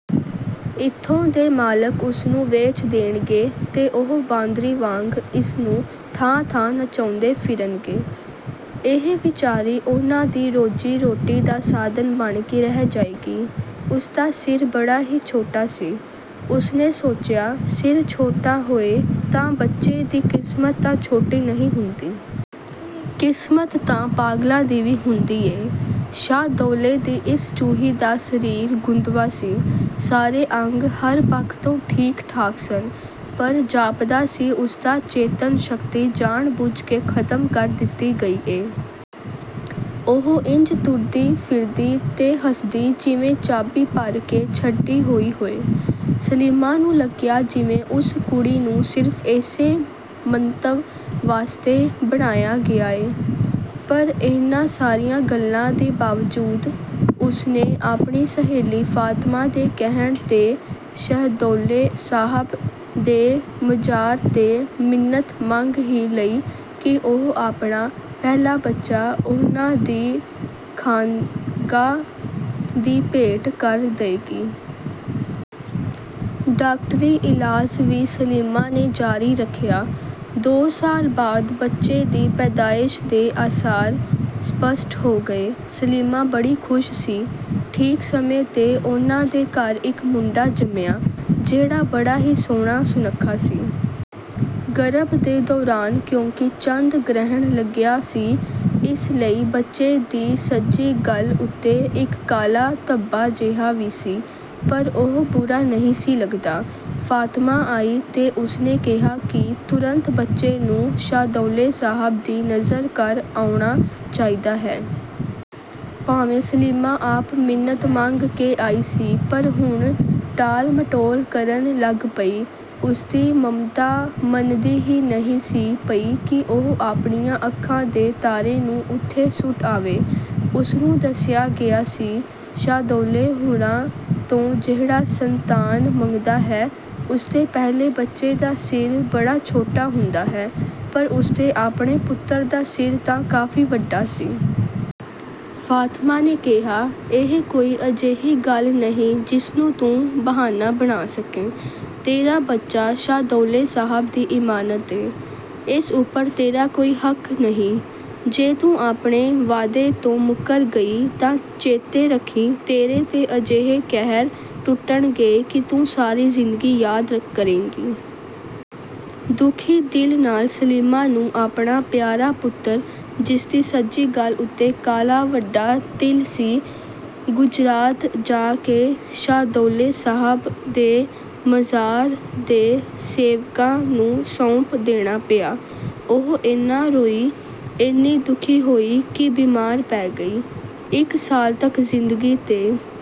ਇੱਥੋਂ ਦੇ ਮਾਲਕ ਉਸਨੂੰ ਵੇਚ ਦੇਣਗੇ ਤੇ ਉਹ ਬਾਂਦਰੀ ਵਾਂਗ ਇਸਨੂੰ ਥਾਂ-ਥਾਂ ਨਚਾਉਂਦੇ ਫਿਰਨਗੇ। ਇਹ ਵਿਚਾਰੀ ਉਹਨਾਂ ਦੀ ਰੋਜੀ-ਰੋਟੀ ਦਾ ਸਾਧਨ ਬਣ ਕੇ ਰਹਿ ਜਾਏਗੀ। ਉਸਦਾ ਸਿਰ ਬੜਾ ਹੀ ਛੋਟਾ ਸੀ। ਉਸਨੇ ਸੋਚਿਆ, ਸਿਰ ਛੋਟਾ ਹੋਏ ਤਾਂ ਬੱਚੇ ਦੀ ਕਿਸਮਤ ਤਾਂ ਛੋਟੀ ਨਹੀਂ ਹੁੰਦੀ। ਕਿਸਮਤ ਤਾਂ ਪਾਗਲਾਂ ਦੀ ਵੀ ਹੁੰਦੀ ਏ। ਸ਼ਾਹਦੌਲੇ ਦੀ ਇਸ ਚੂਹੀ ਦਾ ਸਰੀਰ ਗੁੰਦਵਾਂ ਸੀ। ਸਾਰੇ ਅੰਗ ਹਰ ਪੱਖ ਤੋਂ ਠੀਕ-ਠਾਕ ਸਨ, ਪਰ ਜਾਪਦਾ ਸੀ ਉਸਦੀ ਚੇਤਨ-ਸ਼ਕਤੀ ਜਾਣ ਬੁੱਝ ਕੇ ਖਤਮ ਕਰ ਦਿੱਤੀ ਗਈ ਏ। ਉਹ ਇੰਜ ਤੁਰਦੀ, ਫਿਰਦੀ ਤੇ ਹੱਸਦੀ ਜਿਵੇਂ ਚਾਬੀ ਭਰ ਕੇ ਛੱਡੀ ਹੋਈ ਹੋਏ। ਸਲੀਮਾ ਨੂੰ ਲੱਗਿਆ ਜਿਵੇਂ ਉਸ ਕੁੜੀ ਨੂੰ ਸਿਰਫ ਏਸੇ ਮੰਤਵ ਵਾਸਤੇ ਬਣਾਇਆ ਗਿਆ ਏ। ਪਰ ਇਹਨਾਂ ਸਾਰੀਆਂ ਗੱਲਾਂ ਦੇ ਬਾਵਜੂਦ ਉਸਨੇ ਆਪਣੀ ਸਹੇਲੀ ਫਾਤਮਾ ਦੇ ਕਹਿਣ ਤੇ ਸ਼ਹਦੌਲੇ ਸਾਹਬ ਦੇ ਮਜਾਰ ਤੇ ਮਿੰਨਤ ਮੰਗ ਹੀ ਲਈ ਕਿ ਉਹ ਆਪਣਾ ਪਹਿਲਾ ਬੱਚਾ ਉਹਨਾਂ ਦੀ ਖਾਨਗਾਹ ਦੀ ਭੇਂਟ ਕਰ ਦਏਗੀ। ਡਾਕਟਰੀ ਇਲਾਜ਼ ਵੀ ਸਲੀਮਾ ਨੇ ਜਾਰੀ ਰੱਖਿਆ। ਦੋ ਸਾਲ ਬਾਅਦ ਬੱਚੇ ਦੀ ਪੈਦਾਇਸ਼ ਦੇ ਆਸਾਰ ਸਪਸ਼ਟ ਹੋ ਗਏ। ਸਲੀਮਾ ਬੜੀ ਖੁਸ਼ ਸੀ। ਠੀਕ ਸਮੇਂ ਤੇ ਉਹਨਾਂ ਦੇ ਘਰ ਇਕ ਮੁੰਡਾ ਜੰਮਿਆਂ, ਜਿਹੜਾ ਬੜਾ ਹੀ ਸੋਹਣਾ-ਸੁੱਨਖਾ ਸੀ। ਗਰਭ ਦੇ ਦੌਰਾਨ ਕਿਉਂਕਿ ਚੰਦ ਗ੍ਰਹਿਣ ਲੱਗਿਆ ਸੀ, ਇਸ ਲਈ ਬੱਚੇ ਦੀ ਸੱਜੀ ਗੱਲ੍ਹ ਉੱਤੇ ਇਕ ਕਾਲਾ ਧੱਬਾ ਜਿਹਾ ਵੀ ਸੀ, ਪਰ ਉਹ ਬੁਰਾ ਨਹੀਂ ਸੀ ਲੱਗਦਾ। ਫਾਤਮਾ ਆਈ ਤੇ ਉਸਨੇ ਕਿਹਾ ਕਿ 'ਤੁਰੰਤ ਬੱਚੇ ਨੂੰ ਸ਼ਾਹਦੌਲੇ ਸਾਹਬ ਦੀ ਨਜ਼ਰ ਕਰ ਆਉਣਾ ਚਾਹੀਦਾ ਹੈ।' ਭਾਵੇਂ ਸਲੀਮਾ ਆਪ ਮਿੰਨਤ ਮੰਗ ਕੇ ਆਈ ਸੀ, ਪਰ ਹੁਣ ਟਾਲ-ਮਟੋਲ ਕਰਨ ਲੱਗ ਪਈ। ਉਸਦੀ ਮਮਤਾ ਮੰਨਦੀ ਹੀ ਨਹੀਂ ਸੀ ਪਈ ਕਿ ਉਹ ਆਪਣੀਆਂ ਅੱਖਾਂ ਦੇ ਤਾਰੇ ਨੂੰ ਉੱਥੇ ਸੁੱਟ ਆਵੇ। ਉਸਨੂੰ ਦੱਸਿਆ ਗਿਆ ਸੀ, ਸ਼ਾਹਦੌਲੇ ਹੁਰਾਂ ਤੋਂ ਜਿਹੜਾ ਸੰਤਾਨ ਮੰਗਦਾ ਹੈ, ਉਸਦੇ ਪਹਿਲੇ ਬੱਚੇ ਦਾ ਸਿਰ ਬੜਾ ਛੋਟਾ ਹੁੰਦਾ ਹੈ, ਪਰ ਉਸਦੇ ਆਪਣੇ ਪੁੱਤਰ ਦਾ ਸਿਰ ਤਾਂ ਕਾਫੀ ਵੱਡਾ ਸੀ। ਫਾਤਮਾ ਨੇ ਕਿਹਾ, "ਇਹ ਕੋਈ ਅਜਿਹੀ ਗੱਲ ਨਹੀਂ ਜਿਸਨੂੰ ਤੂੰ ਬਹਾਨਾ ਬਣਾ ਸਕੇਂ। ਤੇਰਾ ਬੱਚਾ ਸ਼ਾਹਦੌਲੇ ਸਾਹਬ ਦੀ ਇਮਾਨਤ ਏ। ਏਸ ਉਪਰ ਤੇਰਾ ਕੋਈ ਹੱਕ ਨਹੀਂ। ਜੇ ਤੂੰ ਆਪਣੇ ਵਾਅਦੇ ਤੋਂ ਮੁੱਕਰ ਗਈ ਤਾਂ ਚੇਤੇ ਰੱਖੀਂ ਤੇਰੇ ਤੇ ਅਜਿਹੇ ਕਹਿਰ ਟੁੱਟਣਗੇ ਕਿ ਤੂੰ ਸਾਰੀ ਜ਼ਿੰਦਗੀ ਯਾਦ ਕਰੇਂਗੀ।" ਦੁਖੀ ਦਿਲ ਨਾਲ ਸਲੀਮਾ ਨੂੰ ਆਪਣਾ ਪਿਆਰਾ ਪੁੱਤਰ, ਜਿਸਦੀ ਸੱਜੀ ਗੱਲ੍ਹ ਉੱਤੇ ਕਾਲਾ ਵੱਡਾ ਤਿਲ ਸੀ, ਗੁਜਰਾਤ ਜਾ ਕੇ ਸ਼ਾਹਦੌਲੇ ਸਾਹਬ ਦੇ ਮਜ਼ਾਰ ਦੇ ਸੇਵਕਾਂ ਨੂੰ ਸੌਂਪ ਦੇਣਾ ਪਿਆ। ਉਹ ਏਨਾ ਰੋਈ, ਏਨੀ ਦੁਖੀ ਹੋਈ ਕਿ ਬੀਮਾਰ ਪੈ ਗਈ। ਇਕ ਸਾਲ ਤਕ ਜ਼ਿੰਦਗੀ ਤੇ